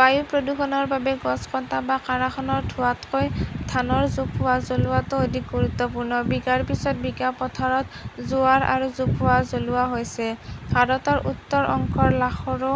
বায়ু প্ৰদূষণৰ বাবে গছ কটা বা কাৰখানাৰ ধোঁৱাতকৈ ধানৰ জোপোহা জ্বলোৱাটো অধিক গুৰুত্বপূৰ্ণ। বিঘাৰ পিছত, বিঘা, পথাৰত জোৱাৰ আৰু জোপোহা জ্বলোৱা হৈছে। ভাৰতৰ উত্তৰ অংশৰ লাখৰো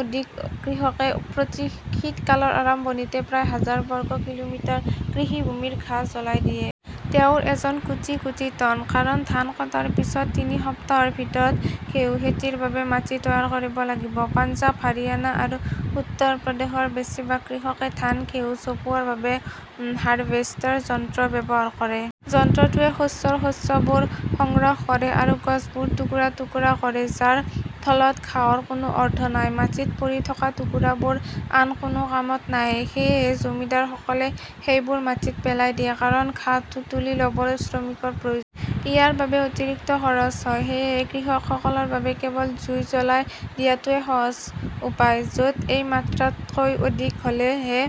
অধিক কৃষকে প্ৰতি শীতকালৰ আৰম্ভণিতে প্ৰায় হাজাৰ বৰ্গ কিলোমিটাৰ কৃষিভূমিৰ ঘাঁহ জ্বলাই দিয়ে। তেওঁৰ ওজন কোটি কোটি টন। কাৰণ ধান কটাৰ পিছত তিনি সপ্তাহৰ ভিতৰত ঘেঁহু খেতিৰ বাবে মাটি তৈয়াৰ কৰিব লাগিব। পঞ্জাৱ, হাৰিয়ানা আৰু উত্তৰ প্ৰদেশৰ বেছিভাগ কৃষকে ধান-ঘেঁহু চপোৱাৰ বাবে হাৰভেষ্টাৰ যন্ত্ৰ ব্যৱহাৰ কৰে। যন্ত্ৰটোৱে শস্যৰ শস্যবোৰ সংগ্ৰহ কৰে আৰু গছবোৰ টুকুৰা-টুকুৰা কৰে, যাৰ ফলত ঘাঁহৰ কোনো অৰ্থ নাই। মাটিত পৰি থকা টুকুৰাবোৰ আন কোনো কামত নাহে। সেয়েহে জমিদাৰসকলে সেইবোৰ মাটিত পেলাই দিয়ে। কাৰণ ঘাঁহটো তুলি ল'বলৈও শ্ৰমিকৰ প্ৰয়োজন হয়। ইয়াৰ বাবে অতিৰিক্ত খৰচ হয়। সেয়েহে কৃষকসকলৰ বাবে কেৱল জুই জ্বলাই দিয়াটোৱেই সহজ উপায়। য'ত এই মাত্ৰা তকৈ অধিক হ'লেহে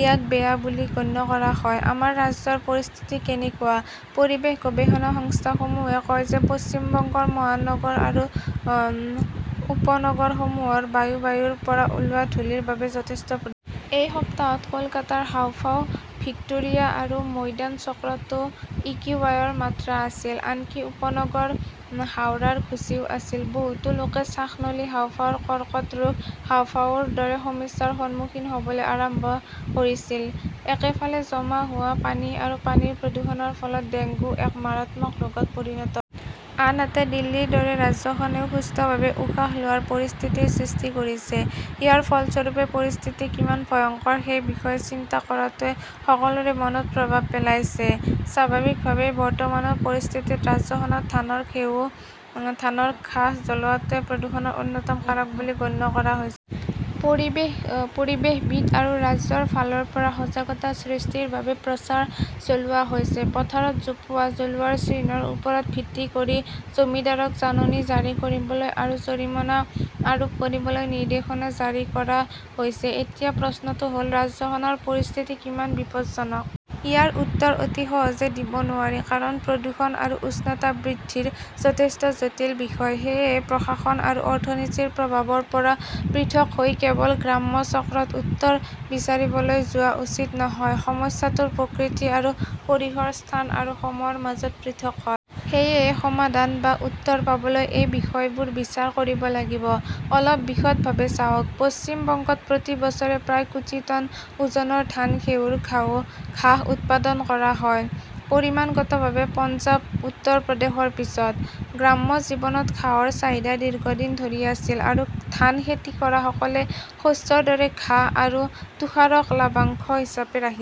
ইয়াক 'বেয়া বুলি গণ্য কৰা হয়। আমাৰ ৰাজ্যৰ পৰিস্থিতি কেনেকুৱা? পৰিৱেশ গৱেষণা সংস্থাসমূহে কয় যে পশ্চিম বংগৰ মহানগৰ আৰু উপনগৰসমূহৰ বায়ু বায়ুৰ পৰা ওলোৱা ধূলিৰ বাবে যথেষ্ট প্ৰদূষিত। এই সপ্তাহত কলকাতাৰ হাঁওফাঁও, ভিক্টোৰিয়া আৰু ময়দান চক্ৰতো একিউআইৰ মাত্ৰা আছিল। আনকি উপনগৰ হাওৰাৰ ঘুঁচিও আছিল। বহুতো লোকে শ্বাসনলী, হাঁওফাঁওৰ কৰ্কট ৰোগ, হাঁওফাঁওৰ দৰে সমস্যাৰ সন্মুখীন হ'বলৈ আৰম্ভ কৰিছিল। একেফালে জমা হোৱা পানী আৰু পানীৰ প্ৰদূষণৰ ফলত ডেংগু এক মাৰাত্মক ৰোগত পৰিণত হৈছে। আনহাতে, দিল্লীৰ দৰে ৰাজ্যখনেও সুস্থভাৱে উশাহ লোৱাৰ পৰিস্থিতিৰ সৃষ্টি কৰিছে। ইয়াৰ ফলস্বৰূপে, পৰিস্থিতি কিমান ভয়ংকৰ সেই বিষয়ে চিন্তা কৰাটোৱে সকলোৰে মনত প্ৰভাৱ পেলাইছে। স্বাভাৱিকভাৱেই বৰ্তমানৰ পৰিস্থিতিত ৰাজ্যখনত ধানৰ ঘাঁহ জ্বলোৱাটো প্ৰদূষণৰ অন্যতম কাৰক বুলি গণ্য কৰা হৈছে। পৰিৱেশবিদ আৰু ৰাজ্যৰ ফালৰ পৰা সজাগতা সৃষ্টিৰ বাবে প্ৰচাৰ চলোৱা হৈছে। পথাৰত জোপোহা জ্বলোৱাৰ চিহ্নৰ ওপৰত ভিত্তি কৰি জমিদাৰক জাননী জাৰি কৰিবলৈ আৰু জৰিমনা আৰোপ কৰিবলৈ নিৰ্দেশনা জাৰি কৰা হৈছে। এতিয়া প্ৰশ্নটো হ'ল, ৰাজ্যখনৰ পৰিস্থিতি কিমান বিপজ্জনক? ইয়াৰ উত্তৰ অতি সহজে দিব নোৱাৰি। কাৰণ, প্ৰদূষণ আৰু উষ্ণতা বৃদ্ধিৰ যথেষ্ট জটিল বিষয়। সেয়েহে প্ৰশাসন আৰু অৰ্থনীতিৰ প্ৰভাৱৰ পৰা পৃথক হৈ কেৱল গ্ৰাম্য চক্ৰত উত্তৰ বিচাৰিবলৈ যোৱা উচিত নহয়। সমস্যাটোৰ প্ৰকৃতি আৰু পৰিসৰ স্থান আৰু সময়ৰ মাজত পৃথক হয়। সেয়েহে সমাধান বা উত্তৰ পাবলৈ এই বিষয়বোৰ বিচাৰ কৰিব লাগিব। অলপ বিশদভাৱে চাওক। পশ্চিম বংগত প্ৰতি বছৰে প্ৰায় কোটি টন ওজনৰ ধান-ঘেঁহুৰ ঘাঁহ উৎপাদন কৰা হয়। পৰিমাণগতভাৱে পঞ্জাৱ-উত্তৰ প্ৰদেশৰ পিছত। গ্ৰাম্য জীৱনত ঘাঁহৰ চাহিদা দীৰ্ঘদিন ধৰি আছিল আৰু ধান খেতি কৰাসকলে শস্যৰ দৰে ঘাঁহ আৰু তুষাৰক লভ্যাংশ হিচাপে ৰাখিছিল।